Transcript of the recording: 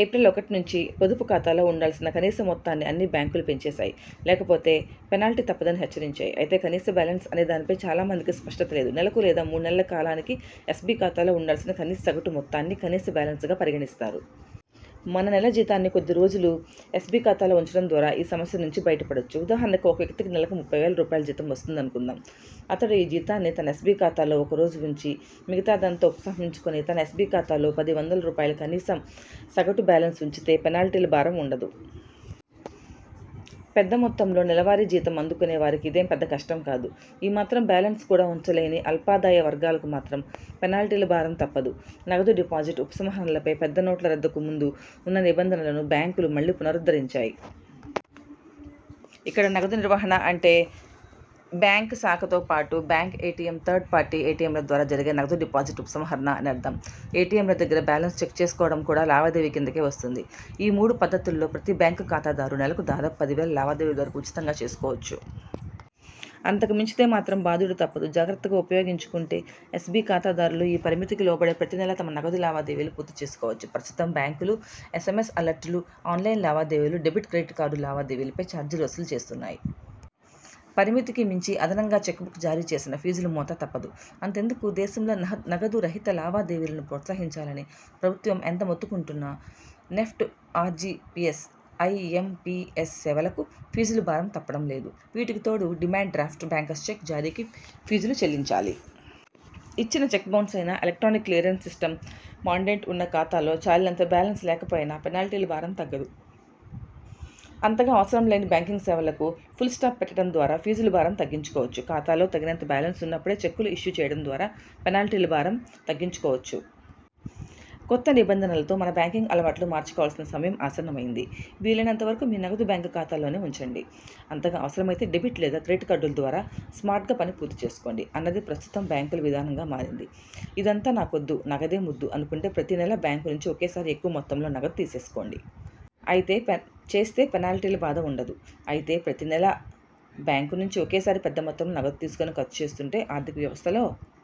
April ఒకటి నుంచి పొదుపు ఖాతాలో ఉండాల్సిన కనీస మొత్తాన్ని అన్ని బ్యాంకులు పెంచేశాయి. లేక పోతే పెనాల్టీ తప్పదని హెచ్చరించాయి. అయితే కనీస బాలెన్స్ అనే దానిపై చాలా మందికి స్పష్టత లేదు. నెలకు లేదా మూడు నెలల కాలానికి ఎస్బి ఖాతాలో ఉండాల్సిన కనీస సగటు మొత్తాన్నే 'కనీస బాలెన్స్'గా పరిగణిస్తారు. మన నెల జీతాన్ని కొద్ది రోజులు ఎస్బి ఖాతాలో ఉంచడం ద్వారా ఈ సమస్య నుంచి బయట పడొచ్చు. ఉదాహరణకు ఒక వ్యక్తికి నెలకు ముప్పై వేల రూపాయలు జీతం వస్తోందనుకుందాం. అతడు ఈ జీతాన్ని తన ఎస్బి ఖాతాలో ఒక రోజు ఉంచి, మిగతాదంతా ఉపసంహరిచుకుని, తన ఎస్బి ఖాతాలో పది వందల రూపాయలు కనీస సగటు బాలెన్స్ ఉంచితే పెనాల్టీల భారం ఉండదు. పెద్ద మొత్తంలో నెలవారీ జీతం అందుకునే వారికి ఇదేం పెద్ద కష్టం కాదు. ఈ మాత్రం బాలెన్స్ కూడా ఉంచలేని అల్పాదాయ వర్గాలకు మాత్రం పెనాల్టీల భారం తప్పదు. నగదు డిపాజిట్, ఉపసంహరణలపై పెద్ద నోట్ల రద్దుకు ముందు ఉన్న నిబంధనలను బ్యాంకులు మళ్లీ పునరుద్ధరించాయి. ఇక్కడ నగదు నిర్వహణ అంటే బ్యాంక్ శాఖతో పాటు, బ్యాంక్ ఎటిఎం, థర్డ్ పార్టీ ఎటిఎంల ద్వారా జరిగే నగదు డిపాజిట్, ఉపసంహరణ అని అర్థం. ఎటిఎంల దగ్గర బాలెన్స్ చెక్ చేసుకోవడం కూడా లావాదేవీ కిందికే వస్తుంది. ఈ మూడు పద్దతుల్లో ప్రతి బ్యాంక్ ఖాతాదారు నెలకు దాదాపు పది లావాదేవీల వరకు ఉచితంగా చేసుకోవచ్చు. అంతకు మించితే మాత్రం బాదుడు తప్పదు. జాగ్రత్తగా ఉపయోగించుకుంటే ఎస్బి ఖాతాదారులు ఈ పరిమితికి లోబడే ప్రతి నెలా తమ నగదు లావా దేవీలు పూర్తి చేసుకోవచ్చు. ప్రస్తుతం బ్యాంకులు ఎస్ఎంఎస్ అలర్టులు, ఆన్లైన్ లావాదేవీలు, డెబిట్, క్రెడిట్ కార్డు లావా దేవీలపై చార్జీలు వసూలు చేస్తున్నాయి. పరిమితికి మించి అదనంగా చెక్ బుక్ జారీ చేసినా ఫీజుల మోత తప్పదు. అంతెందుకు దేశంలో నగదు రహిత లావా దేవీలను ప్రోత్సహించాలని ప్రభుత్వం ఎంత మొత్తుకుంటున్నా నెఫ్ట్, ఆర్టిజిఎస్, ఐఎంపిఎస్ సేవలకూ ఫీజులు భారం తప్పడం లేదు. వీటికి తోడు డిమాండ్ డ్రాఫ్ట్, బ్యాంకర్స్ చెక్ జారీకి ఫీజులు చెల్లించాలి. ఇచ్చిన చెక్ బౌన్స్ అయినా, ఎలక్ట్రానిక్ క్లియరెన్స్ సిస్టమ్స్ మాండేట్ ఉన్న ఖాతాలో చాలినంత బాలెన్స్ లేకపోయినా పెనాల్టీల భారం తప్పదు. అంతగా అవసరం లేని బ్యాంకింగ్ సేవలకు ఫుల్స్టాప్ పెట్టడం ద్వారా ఫీజుల భారం తగ్గించు కోవచ్చు. ఖాతాలో తగినంత బాలెన్స్ ఉన్నపుడే చెక్కులు ఇష్యూ చేయడం ద్వారా పెనాల్టీల భారం తగ్గించు కోవచ్చు. కొత్త నిబంధనలతో మన బ్యాంకింగ్ అలవాట్లూ మార్చుకోవలసిన సమయం ఆసన్నమైంది. వీలైనంత వరకు మీ నగదు బ్యాంక్ ఖాతాలోనే ఉంచండి. అంతగా అవసరమైతే డెబిట్ లేదా క్రెడిట్ కార్డుల ద్వారా స్మార్ట్గా పని పూర్తి చేసుకోండి అన్నది ప్రస్తుతం బ్యాంకుల విధానంగా మారింది. ఇదంతా నాకొద్దు, నగదే ముద్దు అనుకుంటే ప్రతి నెలా బ్యాంక్ నుంచి ఒకేసారి ఎక్కువ మొత్తంలో నగదు తీసేసుకోండి. అలా చేస్తే పెనాల్టీల బాధ ఉండదు. అయితే ప్రతి నెలా బ్యాంకు నుంచి ఒకేసారి పెద్ద మొత్తంలో నగదు తీసుకుని ఖర్చు చేస్తుంటే, ఆర్థిక వ్యవస్థలో